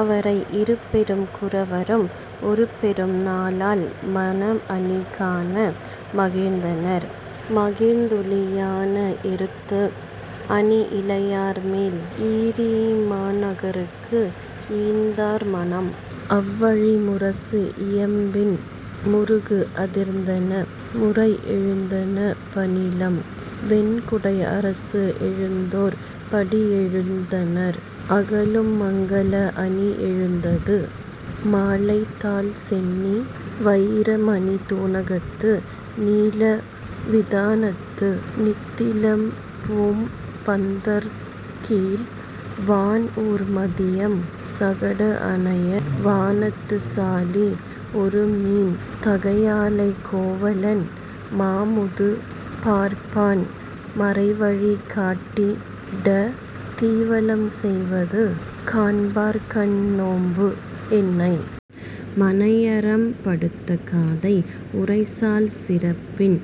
அவரை, இருபெருங் குரவரும் ஒருபெரு நாளால் மணம்அணி காண மகிழ்ந்தனர், மகிழ்ந்துழி யானை எருத்தத்து அணிஇழையார் மேல்இரீஇ மாநகர்க்கு ஈந்தார் மணம். அவ்வழி, முரசுஇயம்பின, முருகுஅதிர்ந்தன, முறைஎழுந்தன பணிலம், வெண்குடை அரசுஎழுந்ததொர் படிஎழுந்தன, அகலுள்மங்கல அணிஎழுந்தது. மாலைதாழ் சென்னி வயிரமணித் து஡ணகத்து நீல விதானத்து நித்திலப்பூம் பந்தர்க்கீழ் வான்ஊர் மதியம் சகடுஅணைய வானத்துச் சாலி ஒருமீன் தகையாளைக் கோவலன் மாமுது பார்ப்பான் மறைவழி காட்டிடத் தீவலம் செய்வது காண்பார்க்கண் நோன்புஎன்னை. மனையறம்படுத்த காதை உரைசால் சிறப்பின்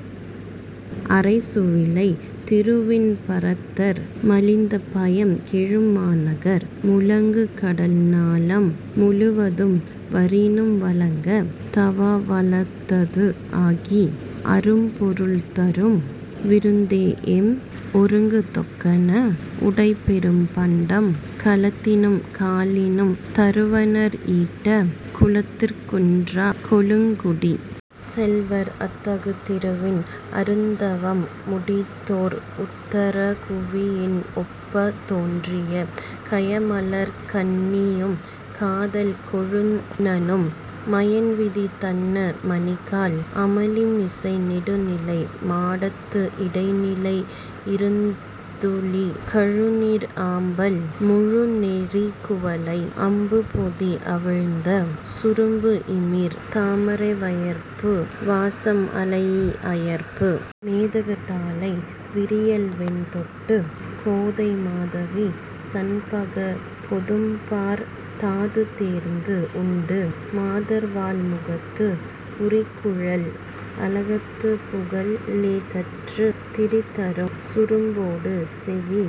அரைசுவிழை திருவின் பரதர் மலிந்த பயம்கெழு மாநகர் முழங்குகடல் ஞாலம் முழுவதும் வரினும் வழங்கத் தவாஅ வளத்தது ஆகி அரும்பொருள் தருஉம் விருந்தின் தேஎம் ஒருங்குதொக் கன்ன உடைப்பெரும் பண்டம் கலத்தினும் காலினும் தருவனர் ஈட்டக் குலத்திற் குன்றாக் கொழுங்குடிச் செல்வர் அத்தகு திருவின் அருந்தவம் முடித்தோர் உத்தர குருவின் ஒப்பத் தோன்றிய கயமலர்க் கண்ணியும் காதல் கொழுநனும் மயன்விதித் தன்ன மணிக்கால் அமளிமிசை நெடுநிலை மாடத்து இடைநிலத்து இருந்துழிக் கழுநீர் ஆம்பல் முழுநெறிக் குவளை அரும்புபொதி அவிழ்ந்த சுரும்புஇமிர் தாமரை வயற்பூ வாசம் அளைஇ அயற்பூ மேதகு தாழை விரியல்வெண் தோட்டுக் கோதை மாதவி சண்பகப் பொதும்பர்த் தாதுதேர்ந்து உண்டு மாதர்வாள் முகத்துப் புரிகுழல் அளகத்துப் புகல்ஏக் கற்றுத் திரிதரு சுரும்பொடு செவ்வி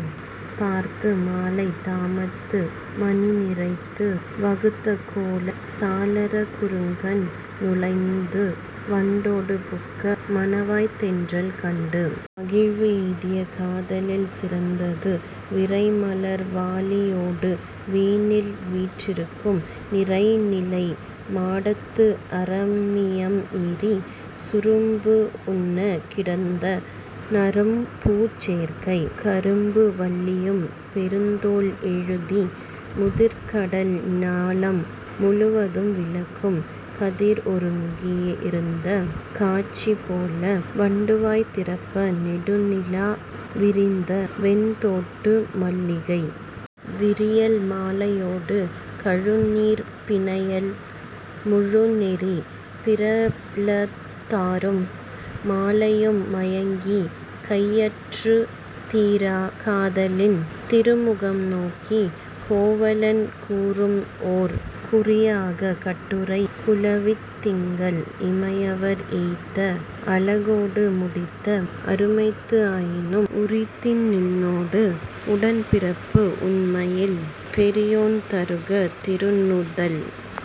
பார்த்து மாலைத் தாமத்து மணிநிரைத்து வகுத்த கோலச் சாளரக் குறுங்கண் நுழைந்து வண்டொடு புக்க மணவாய்த் தென்றல் கண்டு மகிழ்வுஎய்திக் காதலில் சிறந்து, விரைமலர் வாளியொடு வேனில்வீற் றிருக்கும் நிரைநிலை மாடத்து அரமியம் ஏறி, சுரும்புஉணக் கிடந்த நறும்பூஞ் சேக்கைக் கரும்பும் வல்லியும் பெருந்தோள் எழுதி முதிர்க்கடல் ஞாலம் முழுவதும் விளக்கும் கதிர்ஒருங் கிருந்த காட்சி போல, வண்டுவாய் திறப்ப நெடுநிலா விரிந்த வெண்தோட்டு மல்லிகை விரியல் மாலையொடு கழுநீர்ப் பிணையல் முழுநெறி பிறழத் தாரும் மாலையும் மயங்கிக் கையற்றுத் தீராக் காதலின் திருமுகம் நோக்கிக் கோவலன் கூறும்ஓர் குறியாக் கட்டுரை குழவித் திங்கள் இமையவர் ஏத்த அழகொடு முடித்த அருமைத்து ஆயினும் உரிதின் நின்னோடு உடன்பிறப்பு உண்மையின் பெரியோன் தருக திருநுதல்